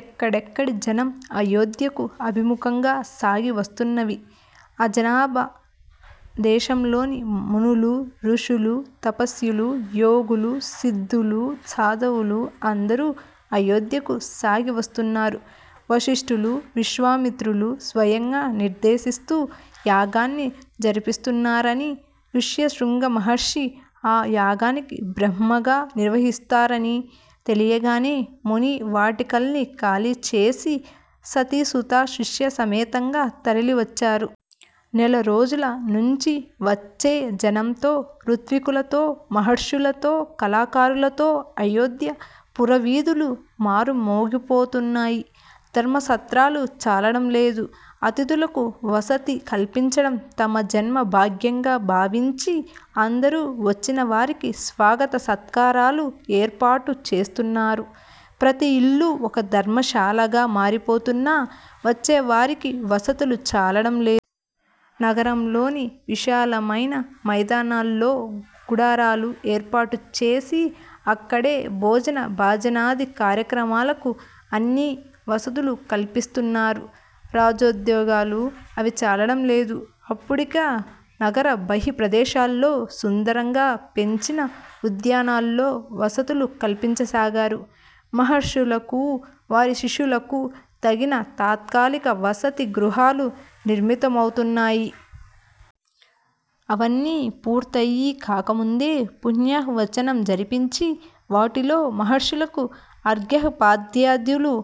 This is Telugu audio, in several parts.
ఎక్కడెక్కడి జనం అయోధ్యకు అభిముఖంగా సాగివస్తున్నవి. అజనాభ దేశంలోని మునులు, ఋషులు, తపస్వులూ, యోగులూ, సిద్ధులూ, సాధువులు అందరూ అయోధ్యకు సాగి వస్తున్నారు. వశిష్టులు, విశ్వామిత్రులు, స్వయంగా నిర్దేశిస్తూ యాగాన్ని జరిపిస్తున్నారానీ, ఋష్యశృంగమహర్షి ఆ యాగానికి బ్రహ్మగా నిర్వహిస్తారనీ తెలియగానే ముని వాటికలన్నీ ఖాళీ చేసి సతీ సుత శిష్యసమేతంగా తరలి వచ్చారు. నెలరోజుల నుంచీ వచ్చే జనంతో, ఋత్విక్కులతో, మహర్షులతో, కళాకారులతో అయోధ్య పుర వీధులు మారుమోగిపోతున్నాయి. ధర్మసత్రాలు చాలడం లేదు. అతిథులకు వసతి కల్పించడం తమ జన్మ భాగ్యంగా భావించి అందరూ వచ్చినవారికి స్వాగత సత్కారాలు ఏర్పాటు చేస్తున్నారు. ప్రతి ఇల్లూ ఒక ధర్మశాలగా మారిపోతున్నా వచ్చేవారికి వసతులు చాలడం లేదు. నగరంలోని విశాలమైన మైదానాల్లో గుడారాలు ఏర్పాటుచేసి అక్కడే భోజన భాజనాది కార్యక్రమాలకు అన్ని వసతులూ కల్పిస్తున్నారు రాజోద్యోగులు. అవీ చాలడం లేదు. అప్పుడిక నగర బహి ప్రదేశాల్లో సుందరంగా పెంచిన ఉద్యానాల్లో వసతులు కల్పించసాగారు. మహర్షులకూ వారి శిష్యులకు తగిన తాత్కాలిక వసతి గృహాలు నిర్మితమవుతున్నాయి. అవన్నీ పూర్తయి కాకముందే పుణ్యాహవచనం జరిపించి వాటిలో మహర్షులకూ అర్ఘ్యపాద్యాదులూ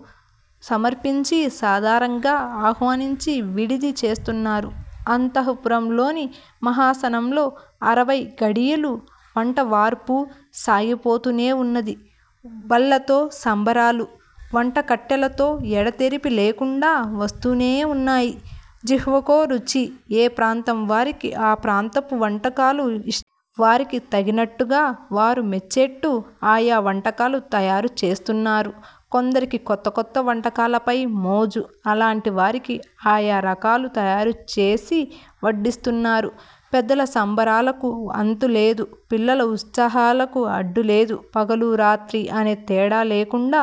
సమర్పించి సాదరంగా ఆహ్వానించి విడిది చేస్తున్నారు. అంతఃపురంలోని మహాసనంలో అరవై ఘడియలూ వంటావార్పూ సాగిపోతూనే ఉన్నది. బళ్ళతో సంభారాలు. వంట కట్టెలతో ఎడతెరిపి లేకుండా వస్తూనే ఉన్నాయి. జిహ్వకో రుచి. ఏ ప్రాంతం వారికి ఆ ప్రాంతపు వంటకాలు ఇష్టం. వారికి తగినట్టుగా వారు మెచ్చేట్టు ఆయా వంటకాలు తయారు చేస్తున్నారు. కొందరికి కొత్త కొత్త వంటకాలపై మోజు. అలాంటి వారికి ఆయా రకాలు తయారుచేసి వడ్డిస్తున్నారు. పెద్దల సంరంభాలకు అంతు లేదు. పిల్లల ఉత్సాహాలకి అడ్డు లేదు. పగలూ రాత్రీ అనే తేడా లేకుండా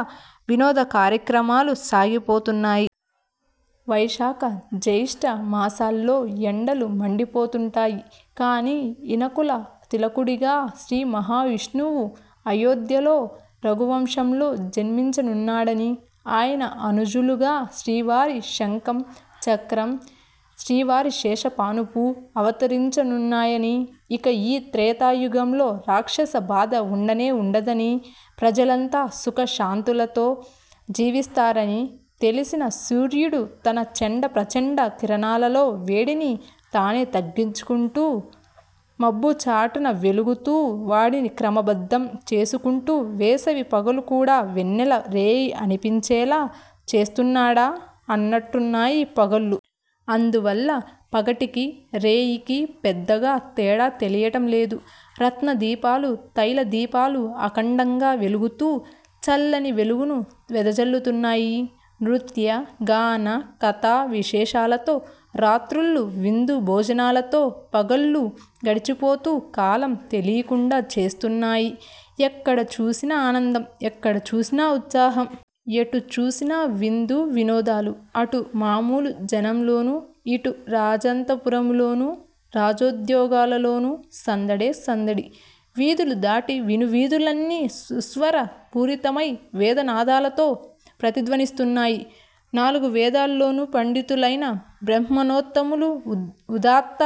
వినోద కార్యక్రమాలు సాగిపోతున్నాయి. వైశాఖ జ్యేష్ట మాసాల్లో ఎండలు మండిపోతుంటాయి. కానీ ఇనకుల తిలకుడిగా శ్రీమహావిష్ణువు అయోధ్యలో రఘువంశంలో జన్మించనున్నాడనీ, ఆయన అనుజులుగా శ్రీవారి శంఖం, చక్రం, శ్రీవారి శేషపానుపూ అవతరించనున్నాయనీ, ఇక ఈ త్రేతాయుగంలో రాక్షస బాధ ఉండనే ఉండదనీ, ప్రజలంతా సుఖ శాంతులతో జీవిస్తారనీ తెలిసిన సూర్యుడు తన చండ ప్రచండ కిరణాలలో వేడిని తానే తగ్గించుకుంటూ, మబ్బు చాటున వెలుగుతూ వాడిని క్రమబద్ధం చేసుకుంటూ వేసవి పగలు కూడా వెన్నెల రేయి అనిపించేలా చేస్తున్నాడా అన్నట్టున్నాయి పగళ్ళు. అందువల్ల పగటికీ రేయికీ పెద్దగా తేడా తెలియటం లేదు. రత్న దీపాలు, తైల దీపాలూ అఖండంగా వెలుగుతూ చల్లని వెలుగును వెదజల్లుతున్నాయి. నృత్య, గాన, కథా విశేషాలతో రాత్రుళ్ళు, విందు భోజనాలతో పగళ్ళూ, గడిచిపోతూ కాలం తెలీకుండా చేస్తున్నాయి. ఎక్కడ చూసినా ఆనందం. ఎక్కడ చూసినా ఉత్సాహం. ఎటు చూసినా విందు వినోదాలు. అటు మామూలు జనంలోనూ, ఇటు రాజాంతఃపురంలోనూ రాజ్యోద్యోగులలోనూ సందడే సందడి. వీధులు దాటి విను వీధులన్నీ సుస్వర పూరితమై, వేదనాదాలతో ప్రతిధ్వనిస్తున్నాయి. నాలుగు వేదాల్లోనూ పండితులైన బ్రాహ్మణోత్తములు ఉదాత్త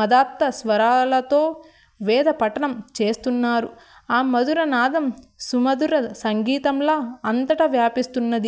మదాత్త స్వరాలతో వేద పఠనం చేస్తున్నారు. ఆ మధుర నాదం సుమధుర సంగీతంలా అంతటా వ్యాపిస్తున్నది.